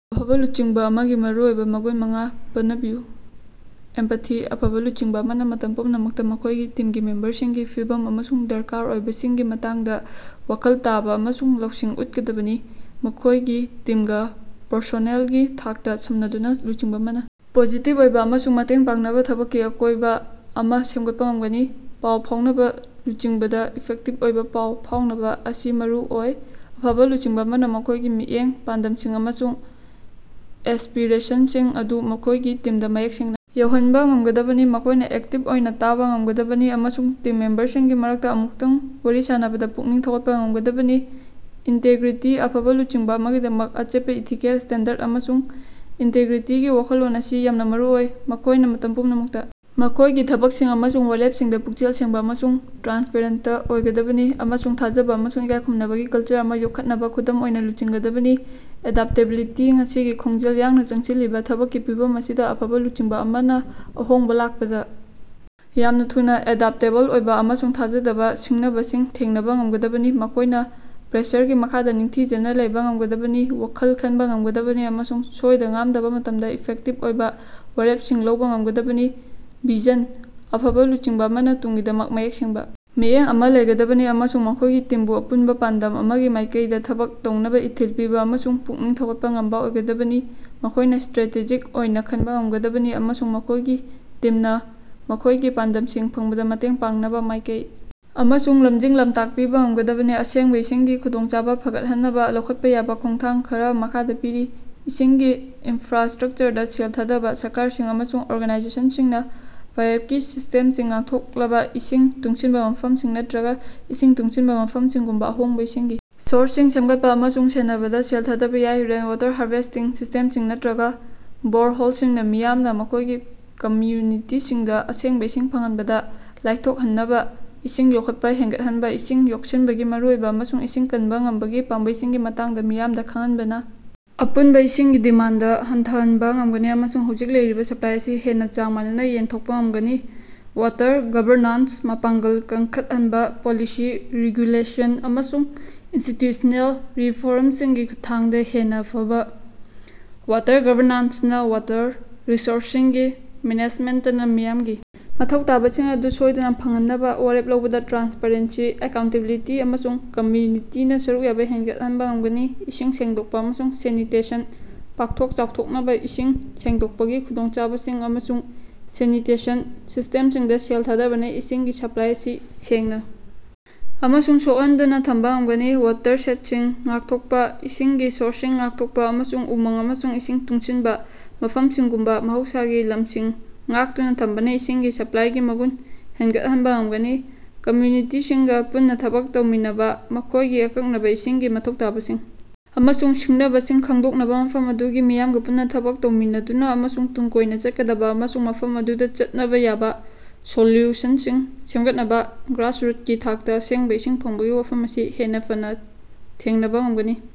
ꯑꯐꯕ ꯂꯨꯆꯤꯡꯕ ꯑꯃꯒꯤ ꯃꯔꯨꯑꯣꯏꯕ ꯃꯒꯨꯟ ꯃꯉꯥ ꯄꯅꯕꯤꯌꯨ꯫ ꯑꯦꯝꯄꯊꯤ: ꯑꯐꯕ ꯂꯨꯆꯤꯡꯕ ꯑꯃꯅ ꯃꯇꯝ ꯄꯨꯝꯅꯃꯛꯇ ꯃꯈꯣꯏꯒꯤ ꯇꯤꯝꯒꯤ ꯃꯦꯝꯕꯔꯁꯤꯡꯒꯤ ꯐꯤꯚꯝ ꯑꯃꯁꯨꯡ ꯗꯔꯀꯥꯔ ꯑꯣꯏꯕꯁꯤꯡꯒꯤ ꯃꯇꯥꯡꯗ ꯋꯥꯈꯜ ꯇꯥꯕ ꯑꯃꯁꯨꯡ ꯂꯧꯁꯤꯡ ꯎꯠꯀꯗꯕꯅꯤ꯫ ꯃꯈꯣꯏꯒꯤ ꯇꯤꯝꯒ ꯄꯔꯁꯣꯅꯦꯜꯒꯤ ꯊꯥꯛꯇ ꯁꯝꯅꯗꯨꯅ ꯂꯨꯆꯤꯡꯕ ꯑꯃꯅ ꯄꯣꯖꯤꯇꯤꯚ ꯑꯣꯏꯕ ꯑꯃꯁꯨꯡ ꯃꯇꯦꯡ ꯄꯥꯡꯅꯕ ꯊꯕꯛꯀꯤ ꯑꯀꯣꯏꯕ ꯑꯃ ꯁꯦꯝꯒꯠꯄ ꯉꯝꯒꯅꯤ꯫ ꯄꯥꯎ ꯐꯥꯎꯅꯕ: ꯂꯨꯆꯤꯡꯕꯗ ꯏꯐꯦꯛꯇꯤꯚ ꯑꯣꯏꯕ ꯄꯥꯎ ꯐꯥꯎꯅꯕ ꯑꯁꯤ ꯃꯔꯨ ꯑꯣꯏ꯫ ꯑꯐꯕ ꯂꯨꯆꯤꯡꯕ ꯑꯃꯅ ꯃꯈꯣꯏꯒꯤ ꯃꯤꯠꯌꯦꯡ, ꯄꯥꯟꯗꯝꯁꯤꯡ ꯑꯃꯁꯨꯡ ꯑꯦꯁꯄꯤꯔꯦꯁꯟꯁꯤꯡ ꯑꯗꯨ ꯃꯈꯣꯏꯒꯤ ꯇꯤꯝꯗ ꯃꯌꯦꯛ ꯁꯦꯡꯅ ꯌꯧꯍꯟꯕ ꯉꯝꯒꯗꯕꯅꯤ꯫ ꯃꯈꯣꯏꯅ ꯑꯦꯛꯇꯤꯚ ꯑꯣꯏꯅ ꯇꯥꯕ ꯉꯝꯒꯗꯕꯅꯤ ꯑꯃꯁꯨꯡ ꯇꯤꯝ ꯃꯦꯝꯕꯔꯁꯤꯡꯒꯤ ꯃꯔꯛꯇ ꯑꯃꯨꯛꯇꯪ ꯋꯥꯔꯤ ꯁꯥꯅꯕꯗ ꯄꯨꯛꯅꯤꯡ ꯊꯧꯒꯠꯄ ꯉꯝꯒꯗꯕꯅꯤ꯫ ꯏꯟꯇꯦꯒ꯭ꯔꯤꯇꯤ: ꯑꯐꯕ ꯂꯨꯆꯤꯡꯕ ꯑꯃꯒꯤꯗꯃꯛ ꯑꯆꯦꯠꯄ ꯏꯊꯤꯀꯦꯜ ꯁ꯭ꯇꯦꯟꯗꯔꯗ ꯑꯃꯁꯨꯡ ꯏꯟꯇꯦꯒ꯭ꯔꯤꯇꯤꯒꯤ ꯋꯥꯈꯜꯂꯣꯟ ꯑꯁꯤ ꯌꯥꯝꯅ ꯃꯔꯨꯑꯣꯏ꯫ ꯃꯈꯣꯏꯅ ꯃꯇꯝ ꯄꯨꯝꯅꯃꯛꯇ ꯃꯈꯣꯏꯒꯤ ꯊꯕꯛꯁꯤꯡ ꯑꯃꯁꯨꯡ ꯋꯥꯔꯦꯞꯁꯤꯡꯗ ꯄꯨꯛꯆꯦꯜ ꯁꯦꯡꯕ ꯑꯃꯁꯨꯡ ꯇ꯭ꯔꯥꯟꯁꯄꯦꯔꯦꯟꯇ ꯑꯣꯏꯒꯗꯕꯅꯤ ꯑꯃꯁꯨꯡ ꯊꯥꯖꯕ ꯑꯃꯁꯨꯡ ꯏꯀꯥꯏ ꯈꯨꯝꯅꯕꯒꯤ ꯀꯜꯆꯔ ꯑꯃ ꯌꯣꯛꯈꯠꯅꯕ ꯈꯨꯗꯝ ꯑꯣꯏꯅ ꯂꯨꯆꯤꯡꯒꯗꯕꯅꯤ꯫ ꯑꯦꯗꯥꯞꯇꯦꯕꯤꯂꯤꯇꯤ: ꯉꯁꯤꯒꯤ ꯈꯣꯡꯖꯦꯜ ꯌꯥꯡꯅ ꯆꯪꯁꯤꯜꯂꯤꯕ ꯊꯕꯛꯀꯤ ꯐꯤꯚꯝ ꯑꯁꯤꯗ ꯑꯐꯕ ꯂꯨꯆꯤꯡꯕ ꯑꯃꯅ ꯑꯍꯣꯡꯕ ꯂꯥꯛꯄꯗ ꯌꯥꯝꯅ ꯊꯨꯅ ꯑꯦꯗꯥꯞꯇꯦꯕꯜ ꯑꯣꯏꯕ ꯑꯃꯁꯨꯡ ꯊꯥꯖꯗꯕ ꯁꯤꯡꯅꯕꯁꯤꯡ ꯊꯦꯡꯅꯕ ꯉꯝꯒꯗꯕꯅꯤ꯫ ꯃꯈꯣꯏꯅ ꯄ꯭ꯔꯦꯁꯔꯒꯤ ꯃꯈꯥꯗ ꯅꯤꯡꯊꯤꯖꯅ ꯂꯩꯕ ꯉꯝꯒꯗꯕꯅꯤ꯫ ꯋꯥꯈꯜ ꯈꯟꯕ ꯉꯝꯒꯗꯕꯅꯤ ꯑꯃꯁꯨꯡ ꯁꯣꯏꯗ-ꯉꯥꯝꯗꯕ ꯃꯇꯝꯗ ꯏꯐꯦꯛꯇꯤꯚ ꯑꯣꯏꯕ ꯋꯥꯔꯦꯞꯁꯤꯡ ꯂꯧꯕ ꯉꯝꯒꯗꯕꯅꯤ꯫ ꯚꯤꯖꯟ: ꯑꯐꯕ ꯂꯨꯆꯤꯡꯕ ꯑꯃꯅ ꯇꯨꯡꯒꯤꯗꯃꯛ ꯃꯌꯦꯛ ꯁꯦꯡꯕ ꯃꯤꯠꯌꯦꯡ ꯑꯃꯥ ꯂꯩꯒꯗꯕꯅꯤ ꯑꯃꯁꯨꯡ ꯃꯈꯣꯏꯒꯤ ꯇꯤꯝꯕꯨ ꯑꯄꯨꯟꯕ ꯄꯥꯟꯗꯝ ꯑꯃꯒꯤ ꯃꯥꯏꯀꯩꯗ ꯊꯕꯛ ꯇꯧꯅꯕ ꯏꯊꯤꯜ ꯄꯤꯕ ꯑꯃꯁꯨꯡ ꯄꯨꯛꯅꯤꯡ ꯊꯧꯒꯠꯄ ꯉꯝꯕ ꯑꯣꯏꯒꯗꯕꯅꯤ꯫ ꯃꯈꯣꯏꯅ ꯁ꯭ꯇꯔꯦꯇꯦꯖꯤꯛ ꯑꯣꯏꯅ ꯈꯟꯕ ꯉꯝꯒꯗꯕꯅꯤ ꯑꯃꯁꯨꯡ ꯃꯈꯣꯏꯒꯤ ꯇꯤꯝꯅ ꯃꯈꯣꯏꯒꯤ ꯄꯥꯟꯗꯝꯁꯤꯡ ꯐꯪꯕꯗ ꯃꯇꯦꯡ ꯄꯥꯡꯅꯕ ꯃꯥꯏꯀꯩ ꯑꯃꯁꯨꯡ ꯂꯝꯖꯤꯡ-ꯂꯝꯇꯥꯛ ꯄꯤꯕ ꯉꯝꯒꯗꯕꯅꯤ꯫ ꯑꯁꯦꯡꯕ ꯏꯁꯤꯡꯒꯤ ꯈꯨꯗꯣꯡꯆꯥꯕ ꯐꯒꯠꯍꯟꯅꯕ ꯂꯧꯈꯠꯄ ꯌꯥꯕ ꯈꯣꯡꯊꯥꯡ ꯈꯔꯥ ꯃꯈꯥꯗ ꯄꯤꯔꯤ:- ꯏꯁꯤꯡꯒꯤ ꯏꯟꯐ꯭ꯔꯥꯁꯇ꯭ꯔꯛꯆꯔꯗ ꯁꯦꯜ ꯊꯥꯗꯕ: ꯁꯔꯀꯥꯔꯁꯤꯡ ꯑꯃꯁꯨꯡ ꯑꯣꯔꯒꯅꯥꯏꯖꯦꯁꯟꯁꯤꯡꯅ ꯄꯥꯏꯞꯀꯤ ꯁꯤꯁ꯭ꯇꯦꯝꯁꯤꯡ, ꯉꯥꯛꯊꯣꯛꯂꯕ ꯏꯁꯤꯡ, ꯇꯨꯡꯁꯤꯟꯕ ꯃꯐꯝꯁꯤꯡ ꯅꯠꯇ꯭ꯔꯒ ꯏꯁꯤꯡ ꯇꯨꯡꯁꯤꯟꯕ ꯃꯐꯝꯁꯤꯡꯒꯨꯝꯕ ,ꯑꯍꯣꯡꯕ ꯏꯁꯤꯡꯒꯤ ꯁꯣꯔꯁꯁꯤꯡ ꯁꯦꯝꯒꯠꯄ ꯑꯃꯁꯨꯡ ꯁꯦꯟꯅꯕꯗ ꯁꯦꯜ ꯊꯥꯗꯕ ꯌꯥꯏ꯫ ꯔꯦꯟꯋꯥꯇꯔ ꯍꯥꯔꯚꯦꯁ꯭ꯇꯤꯡ ꯁꯤꯁ꯭ꯇꯦꯝꯁꯤꯡ ꯅꯠꯇ꯭ꯔꯒ ꯕꯣꯔꯍꯣꯜꯁꯤꯡꯅ ꯃꯤꯌꯥꯝꯅ ꯃꯈꯣꯏꯒꯤ ꯀꯝꯃ꯭ꯌꯨꯅꯤꯇꯤꯁꯤꯡꯗ ꯑꯁꯦꯡꯕ ꯏꯁꯤꯡ ꯐꯪꯍꯟꯕꯗ ꯂꯥꯏꯊꯣꯛꯍꯟꯅꯕ ꯏꯁꯤꯡ ꯌꯣꯛꯈꯠꯄ ꯍꯦꯟꯒꯠꯍꯟꯕ: ꯏꯁꯤꯡ ꯌꯣꯛꯁꯤꯟꯕꯒꯤ ꯃꯔꯨꯑꯣꯏꯕ ꯑꯃꯁꯨꯡ ꯏꯁꯤꯡ ꯀꯟꯕ ꯉꯝꯕꯒꯤ ꯄꯥꯝꯕꯩꯁꯤꯡꯒꯤ ꯃꯇꯥꯡꯗ ꯃꯤꯌꯥꯝꯗ ꯈꯪꯍꯟꯕꯅ ꯑꯄꯨꯟꯕ ꯏꯁꯤꯡꯒꯤ ꯗꯤꯃꯥꯟꯗ ꯍꯟꯊꯍꯟꯕ ꯉꯝꯒꯅꯤ ꯑꯃꯁꯨꯡ ꯍꯧꯖꯤꯛ ꯂꯩꯔꯤꯕ ꯁꯄ꯭ꯂꯥꯏ ꯑꯁꯤ ꯍꯦꯟꯅ ꯆꯥꯡ ꯃꯥꯟꯅꯅ ꯌꯦꯟꯊꯣꯛꯄ ꯉꯝꯒꯅꯤ꯫ ꯋꯥꯇꯔ ꯒꯕꯔꯅꯥꯟꯁ ꯃꯄꯥꯡꯒꯜ ꯀꯟꯈꯠꯍꯟꯕ: ꯄꯣꯂꯤꯁꯤ, ꯔꯦꯒ꯭ꯌꯨꯂꯦꯁꯟ ꯑꯃꯁꯨꯡ ꯏꯟꯁꯇꯤꯇ꯭ꯌꯨꯁ꯭ꯅꯦꯜ ꯔꯤꯐꯣꯔꯝꯁꯤꯡꯒꯤ ꯈꯨꯠꯊꯥꯡꯗ ꯍꯦꯟꯅ ꯐꯕ ꯋꯥꯇꯔ ꯒꯕꯔꯅꯥꯟꯁꯅ ꯋꯥꯇꯔ ꯔꯤꯁꯣꯔꯁꯁꯤꯡꯒꯤ ꯃꯦꯅꯦꯖꯃꯦꯟꯇꯅ ꯃꯤꯌꯥꯝꯒꯤ ꯃꯊꯧ ꯇꯥꯕꯁꯤꯡ ꯑꯗꯨ ꯁꯣꯏꯗꯅ ꯐꯪꯍꯟꯅꯕ ꯋꯥꯔꯦꯞ ꯂꯧꯕꯗ ꯇ꯭ꯔꯥꯟꯁꯄꯔꯦꯟꯁꯤ, ꯑꯦꯀꯥꯎꯟꯇꯦꯕꯤꯂꯤꯇꯤ ꯑꯃꯁꯨꯡ ꯀꯝꯃ꯭ꯌꯨꯅꯤꯇꯤꯅ ꯁꯔꯨꯛ ꯌꯥꯕ ꯍꯦꯟꯒꯠꯍꯟꯕ ꯉꯝꯒꯅꯤ꯫ ꯏꯁꯤꯡ ꯁꯦꯡꯗꯣꯛꯄ ꯑꯃꯁꯨꯡ ꯁꯦꯅꯤꯇꯦꯁꯟ ꯄꯥꯛꯊꯣꯛ ꯆꯥꯎꯊꯣꯛꯅꯕ: ꯏꯁꯤꯡ ꯁꯦꯡꯗꯣꯛꯄꯒꯤ ꯈꯨꯗꯣꯡꯆꯥꯕꯁꯤꯡ ꯑꯃꯁꯨꯡ ꯁꯦꯅꯤꯇꯦꯁꯟ ꯁꯤꯁ꯭ꯇꯦꯝꯁꯤꯡꯗ ꯁꯦꯜ ꯊꯥꯗꯕꯅ ꯏꯁꯤꯡꯒꯤ ꯁꯄ꯭ꯂꯥꯏ ꯑꯁꯤ ꯁꯦꯡꯅ ꯑꯃꯁꯨꯡ ꯁꯣꯛꯍꯟꯗꯅ ꯊꯝꯕ ꯉꯝꯒꯅꯤ꯫ ꯋꯥꯇꯔꯁꯦꯗꯁꯤꯡ ꯉꯥꯛꯊꯣꯛꯄꯥ: ꯏꯁꯤꯡꯒꯤ ꯁꯣꯔꯁꯁꯤꯡ ꯉꯥꯛꯊꯣꯛꯄ ꯑꯃꯁꯨꯡ ꯎꯃꯪ ꯑꯃꯁꯨꯡ ꯏꯁꯤꯡ ꯇꯨꯡꯁꯤꯟꯕ ꯃꯐꯝꯁꯤꯡꯒꯨꯝꯕ ꯃꯍꯧꯁꯥꯒꯤ ꯂꯝꯁꯤꯡ ꯉꯥꯛꯇꯨꯅ ꯊꯝꯕꯅ ꯏꯁꯤꯡꯒꯤ ꯁꯄ꯭ꯂꯥꯏꯒꯤ ꯃꯒꯨꯟ ꯍꯦꯟꯒꯠꯍꯟꯕ ꯉꯝꯒꯅꯤ꯫ ꯀꯝꯃ꯭ꯌꯨꯅꯤꯇꯤꯁꯤꯡꯒ ꯄꯨꯟꯅ ꯊꯕꯛ ꯇꯧꯃꯤꯟꯅꯕ: ꯃꯈꯣꯏꯒꯤ ꯑꯀꯛꯅꯕ ꯏꯁꯤꯡꯒꯤ ꯃꯊꯧ ꯇꯥꯕꯁꯤꯡ ꯑꯃꯁꯨꯡ ꯁꯤꯡꯅꯕꯁꯤꯡ ꯈꯪꯗꯣꯛꯅꯕ ꯃꯐꯝ ꯑꯗꯨꯒꯤ ꯃꯤꯌꯥꯝꯒ ꯄꯨꯟꯅ ꯊꯕꯛ ꯇꯧꯃꯤꯟꯅꯗꯨꯅ ꯑꯃꯁꯨꯡ ꯇꯨꯡ ꯀꯣꯏꯅ ꯆꯠꯀꯗꯕ ꯑꯃꯁꯨꯡ ꯃꯐꯝ ꯑꯗꯨꯗ ꯆꯠꯅꯕ ꯌꯥꯕ ꯁꯣꯂ꯭ꯌꯨꯁꯟꯁꯤꯡ ꯁꯦꯝꯒꯠꯅꯕ, ꯒ꯭ꯔꯥꯁꯔꯨꯠꯀꯤ ꯊꯥꯛꯇ ꯑꯁꯦꯡꯕ ꯏꯁꯤꯡ ꯐꯪꯕꯒꯤ ꯋꯥꯐꯝ ꯑꯁꯤ ꯍꯦꯟꯅ ꯐꯅ ꯊꯦꯡꯅꯕ ꯉꯝꯒꯅꯤ꯫